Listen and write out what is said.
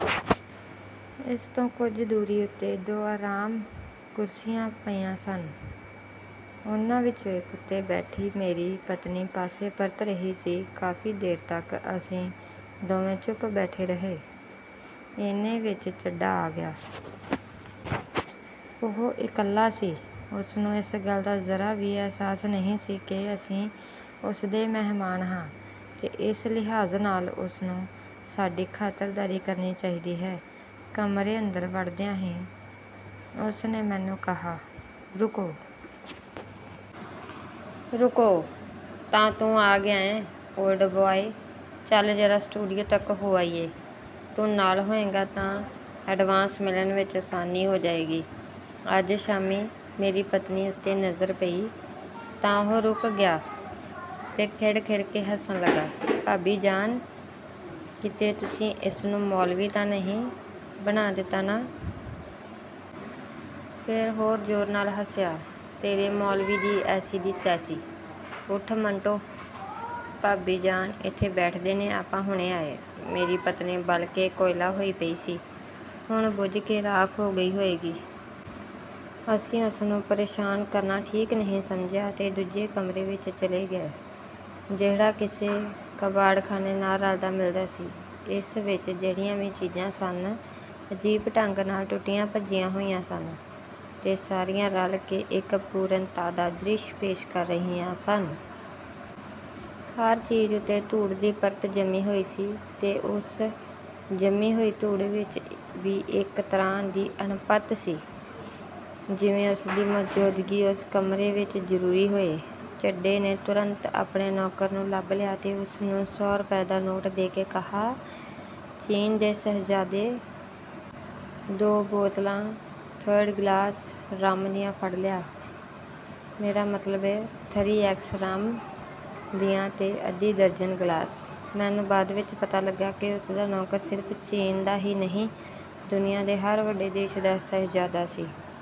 ਇਸ ਤੋਂ ਕੁਝ ਦੂਰੀ ਉੱਤੇ ਦੋ ਆਰਾਮ ਕੁਰਸੀਆਂ ਪਈਆਂ ਸਨ, ਉਹਨਾਂ ਵਿਚੋਂ ਇਕ ਉੱਤੇ ਬੈਠੀ ਮੇਰੀ ਪਤਨੀ ਪਾਸੇ ਪਰਤ ਰਹੀ ਸੀ। ਕਾਫੀ ਦੇਰ ਤਕ ਅਸੀਂ ਦੋਵੇਂ ਚੁੱਪ ਬੈਠੇ ਰਹੇ; ਏਨੇ ਵਿਚ ਚੱਡਾ ਆ ਗਿਆ। ਉਹ ਇਕੱਲਾ ਸੀ। ਉਸਨੂੰ ਇਸ ਗੱਲ ਦਾ ਜ਼ਰਾ ਵੀ ਅਹਿਸਾਸ ਨਹੀਂ ਸੀ ਕਿ ਅਸੀਂ ਉਸਦੇ ਮਹਿਮਾਨ ਹਾਂ ਤੇ ਇਸ ਲਿਹਾਜ਼ ਨਾਲ ਉਸਨੂੰ ਸਾਡੀ ਖਾਤਰਦਾਰੀ ਕਰਨੀ ਚਾਹੀਦੀ ਹੈ। ਕਮਰੇ ਅੰਦਰ ਵੜਦਿਆਂ ਹੀ ਉਸਨੇ ਮੈਨੂੰ ਕਾਹਾ, "ਰੁਕੋ! ਰੁਕੋ! ਤਾਂ ਤੂੰ ਆ ਗਿਐਂ ਓਲਡ ਬੁਆਏ! ਚੱਲ ਜ਼ਰਾ ਸਟੂਡੀਓ ਤਕ ਹੋ ਆਈਏ। ਤੂੰ ਨਾਲ ਹੋਏਂਗਾ ਤਾਂ ਐਡਵਾਂਸ ਮਿਲਣ ਵਿਚ ਆਸਾਨੀ ਹੋ ਜਾਏਗੀ। ਅੱਜ ਸ਼ਾਮੀਂ "ਮੇਰੀ ਪਤਨੀ ਉੱਤੇ ਨਜ਼ਰ ਪਈ ਤਾਂ ਉਹ ਰੁਕ ਗਿਆ ਤੇ ਖਿੜ-ਖਿੜ ਕਰਕੇ ਹੱਸਣ ਲੱਗਾ, "ਭਾਬੀ ਜਾਨ, ਕਿਤੇ ਤੁਸੀਂ ਇਸਨੂੰ ਮੌਲਵੀ ਤਾਂ ਨਹੀਂ ਬਣਾ ਦਿੱਤਾ ਨਾ? " ਫੇਰ ਹੋਰ ਜ਼ੋਰ ਨਾਲ ਹੱਸਿਆ, "ਤੇਰੇ ਮੌਲਵੀ ਦੀ ਐਸੀ ਦੀ ਤੈਸੀ! ਉੱਠ ਮੰਟੋ, ਭਾਬੀ ਜਾਨ ਇੱਥੇ ਬੈਠਦੇ ਨੇ, ਆਪਾਂ ਹੁਣੇ ਆਏ। " ਮੇਰੀ ਪਤਨੀ ਬਲ ਕੇ ਕੋਇਲਾ ਹੋਈ ਪਈ ਸੀ, ਹੁਣ ਬੁਝ ਕੇ ਰਾਖ ਹੋ ਗਈ ਹੋਏਗੀ। ਅਸੀਂ ਉਸਨੂੰ ਪ੍ਰੇਸ਼ਾਨ ਕਰਨਾ ਠੀਕ ਨਹੀਂ ਸਮਝਿਆ ਤੇ ਦੂਜੇ ਕਮਰੇ ਵਿਚ ਚਲੇ ਗਏ, ਜਿਹੜਾ ਕਿਸੇ ਕਬਾੜਖਾਨੇ ਨਾਲ ਰਲਦਾ-ਮਿਲਦਾ ਸੀ। ਇਸ ਵਿਚ ਜਿਹੜੀਆਂ ਵੀ ਚੀਜ਼ਾਂ ਸਨ, ਅਜੀਬ ਢੰਗ ਨਾਲ ਟੁੱਟੀਆਂ-ਭੱਜੀਆਂ ਹੋਈਆਂ ਸਨ ਤੇ ਸਾਰੀਆਂ ਰਲ ਕੇ ਇਕ ਪੂਰਨਤਾ ਦਾ ਦ੍ਰਿਸ਼ ਪੇਸ਼ ਕਰ ਰਹੀਆਂ ਸਨ। ਹਰ ਚੀਜ਼ ਉੱਤੇ ਧੂੜ ਦੀ ਪਰਤ ਜੰਮੀ ਹੋਈ ਸੀ ਤੇ ਉਸ ਜੰਮੀ ਹੋਈ ਧੂੜ ਵਿਚ ਵੀ ਇਕ ਤਰ੍ਹਾਂ ਦੀ ਅਪਣੱਤ ਸੀ, ਜਿਵੇਂ ਉਸਦੀ ਮੌਜ਼ੂਦਗੀ ਉਸ ਕਮਰੇ ਵਿਚ ਜਰੂਰੀ ਹੋਏ। ਚੱਡੇ ਨੇ ਤੁਰੰਤ ਆਪਣੇ ਨੌਕਰ ਨੂੰ ਲੱਭ ਲਿਆ ਤੇ ਉਸਨੂੰ ਸੌ ਰੁਪਏ ਦਾ ਨੋਟ ਦੇ ਕੇ ਕਾਹਾ, "ਚੀਨ ਦੇ ਸ਼ਹਿਜ਼ਾਦੇ! ਦੋ ਬੋਤਲਾਂ ਥਰਡ ਕਲਾਸ ਰੰਮ ਦੀਆਂ ਫੜ ਲਿਆ। ਮੇਰਾ ਮਤਲਬ ਏ, 'ਥਰੀ ਐਕਸ ਰੰਮ' ਦੀਆਂ ਤੇ ਅੱਧੀ ਦਰਜਨ ਗਿਲਾਸ। " ਮੈਨੂੰ ਬਾਅਦ ਵਿਚ ਪਤਾ ਲੱਗਾ ਕਿ ਉਸਦਾ ਨੌਕਰ ਸਿਰਫ ਚੀਨ ਦਾ ਹੀ ਨਹੀਂ, ਦੁਨੀਆਂ ਦੇ ਹਰ ਵੱਡੇ ਦੇਸ਼ ਦਾ ਸ਼ਹਿਜ਼ਾਦਾ ਸੀ।